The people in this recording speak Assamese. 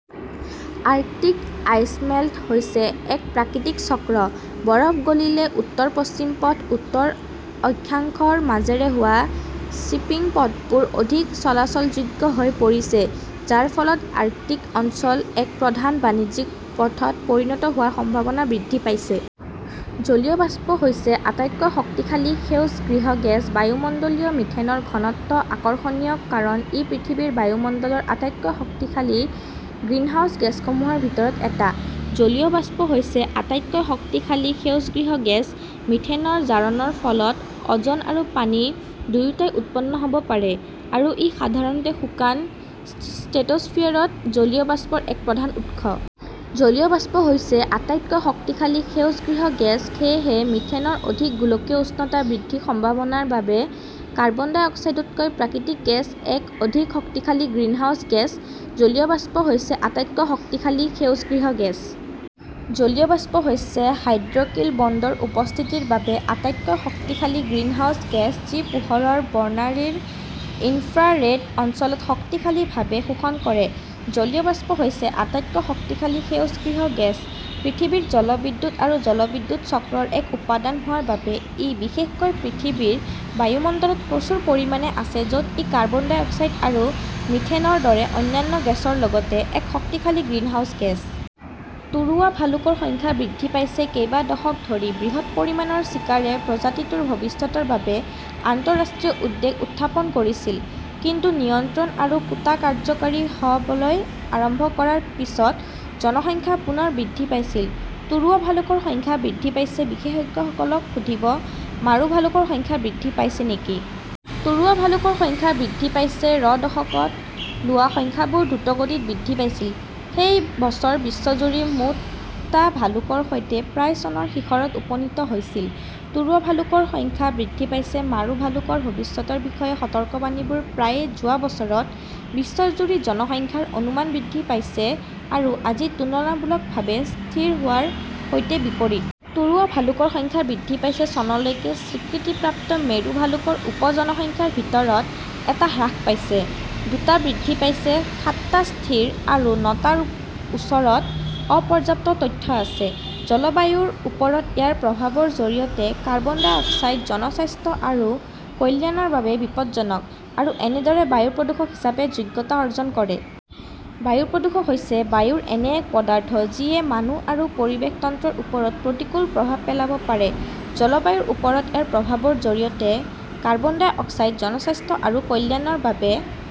" আৰ্কটিক আইচমেল্ট হৈছে এক প্ৰাকৃতিক চক্ৰ। বৰফ গলিলে উত্তৰ-পশ্চিম পথ, উত্তৰ অক্ষাংশৰ মাজেৰে হোৱা শ্বিপিং পথবোৰ অধিক চলাচলযোগ্য হৈ পৰিছে, যাৰ ফলত আৰ্কটিক অঞ্চল এক প্ৰধান বাণিজ্যিক পথত পৰিণত হোৱাৰ সম্ভাৱনা বৃদ্ধি পাইছে। জলীয় বাষ্প হৈছে আটাইতকৈ শক্তিশালী সেউজ গৃহ গেছ। বায়ুমণ্ডলীয় মিথেনৰ ঘনত্ব আকৰ্ষণীয় কাৰণ ই পৃথিৱীৰ বায়ুমণ্ডলৰ আটাইতকৈ শক্তিশালী গ্ৰিনহাউস গেছসমূহৰ ভিতৰত এটা। জলীয় বাষ্প হৈছে আটাইতকৈ শক্তিশালী সেউজ গৃহ গেছ। মিথেনৰ জাৰণৰ ফলত অ 'জন আৰু পানী দুয়োটাই উৎপন্ন হ' ব পাৰে; আৰু ই সাধাৰণতে শুকান ষ্ট্ৰেটোস্ফিয়াৰত জলীয় বাষ্পৰ এক প্ৰধান উৎস। জলীয় বাষ্প হৈছে আটাইতকৈ শক্তিশালী সেউজ গৃহ গেছ। সেয়েহে মিথেনৰ অধিক গোলকীয় উষ্ণতা বৃদ্ধিৰ সম্ভাৱনাৰ বাবে কাৰ্বন ডাই অক্সাইডতকৈ প্ৰাকৃতিক গেছ এক অধিক শক্তিশালী গ্ৰীণহাউচ গেছ। জলীয় বাষ্প হৈছে আটাইতকৈ শক্তিশালী সেউজ গৃহ গেছ। জল বাষ্প হৈছে হাইড্ৰক্সিল বণ্ডৰ উপস্থিতিৰ বাবে আটাইতকৈ শক্তিশালী গ্ৰীণহাউচ গেছ যি পোহৰৰ বৰ্ণালীৰ ইনফ্ৰা-ৰেড অঞ্চলত শক্তিশালীভাৱে শোষণ কৰে। জলীয় বাষ্প হৈছে আটাইতকৈ শক্তিশালী সেউজ গৃহ গেছ। পৃথিৱীৰ জলবিদ্যুৎ আৰু জলবিদ্যুৎ চক্ৰৰ এক উপাদান হোৱাৰ বাবে ই বিশেষকৈ পৃথিৱীৰ বায়ুমণ্ডলত প্ৰচুৰ পৰিমাণে আছে য 'ত ই কাৰ্বন ডাই অক্সাইড আৰু মিথেনৰ দৰে অন্যান্য গেছৰ লগতে এক শক্তিশালী গ্ৰীণহাউছ গেছ। তুৰুৱা ভালুকৰ সংখ্যা বৃদ্ধি পাইছে কেইবা দশক ধৰি, বৃহৎ পৰিমাণৰ চিকাৰে প্ৰজাতিটোৰ ভৱিষ্যতৰ বাবে আন্তঃৰাষ্ট্ৰীয় উদ্বেগ উত্থাপন কৰিছিল, কিন্তু নিয়ন্ত্ৰণ আৰু কোটা কাৰ্যকৰী হ 'বলৈ আৰম্ভ কৰাৰ পিছত জনসংখ্যা পুনৰ বৃদ্ধি পাইছিল। তুৰুৱা ভালুকৰ সংখ্যা বৃদ্ধি পাইছে "বিশেষজ্ঞসকলক সুধিবঃ মাৰু ভালুকৰ সংখ্যা বৃদ্ধি পাইছে নেকি? " তুৰুৱা ভালুকৰ সংখ্যা বৃদ্ধি পাইছে -ৰ দশকত লোৱা সংখ্যাবোৰ দ্ৰুতগতিত বৃদ্ধি পাইছিল, সেই বছৰ বিশ্বজুৰি মুঠ টা ভালুকৰ সৈতে প্ৰায় চনৰ শিখৰত উপনীত হৈছিল। তুৰুৱা ভালুকৰ সংখ্যা বৃদ্ধি পাইছে মাৰু ভালুকৰ ভৱিষ্যতৰ বিষয়ে সতৰ্কবাণীবোৰ প্ৰায়ে যোৱা বছৰত বিশ্বজুৰি জনসংখ্যাৰ অনুমান বৃদ্ধি পাইছে আৰু আজি তুলনামূলকভাৱে স্থিৰ হোৱাৰ সৈতে বিপৰীত। তুৰুৱা ভালুকৰ সংখ্যা বৃদ্ধি পাইছে চনলৈকে স্বীকৃতিপ্ৰাপ্ত টা মেৰু ভালুকৰ উপ-জনসংখ্যাৰ ভিতৰত এটা হ্ৰাস পাইছে, দুটা বৃদ্ধি পাইছে, সাতটা স্থিৰ, আৰু নটাৰ ওচৰত অপৰ্যাপ্ত তথ্য আছে। জলবায়ুৰ ওপৰত ইয়াৰ প্ৰভাৱৰ জৰিয়তে, কাৰ্বন ডাই অক্সাইড জনস্বাস্থ্য আৰু কল্যাণৰ বাবে বিপদজনক, আৰু এনেদৰে বায়ু প্ৰদূষক হিচাপে যোগ্যতা অৰ্জন কৰে। বায়ু প্ৰদূষক হৈছে বায়ুৰ এনে এক পদাৰ্থ যিয়ে মানুহ আৰু পৰিৱেশ তন্ত্ৰৰ ওপৰত প্ৰতিকূল প্ৰভাৱ পেলাব পাৰে। জলবায়ুৰ ওপৰত ইয়াৰ প্ৰভাৱৰ জৰিয়তে, কাৰ্বন ডাই অক্সাইড জনস্বাস্থ্য আৰু কল্যাণৰ বাবে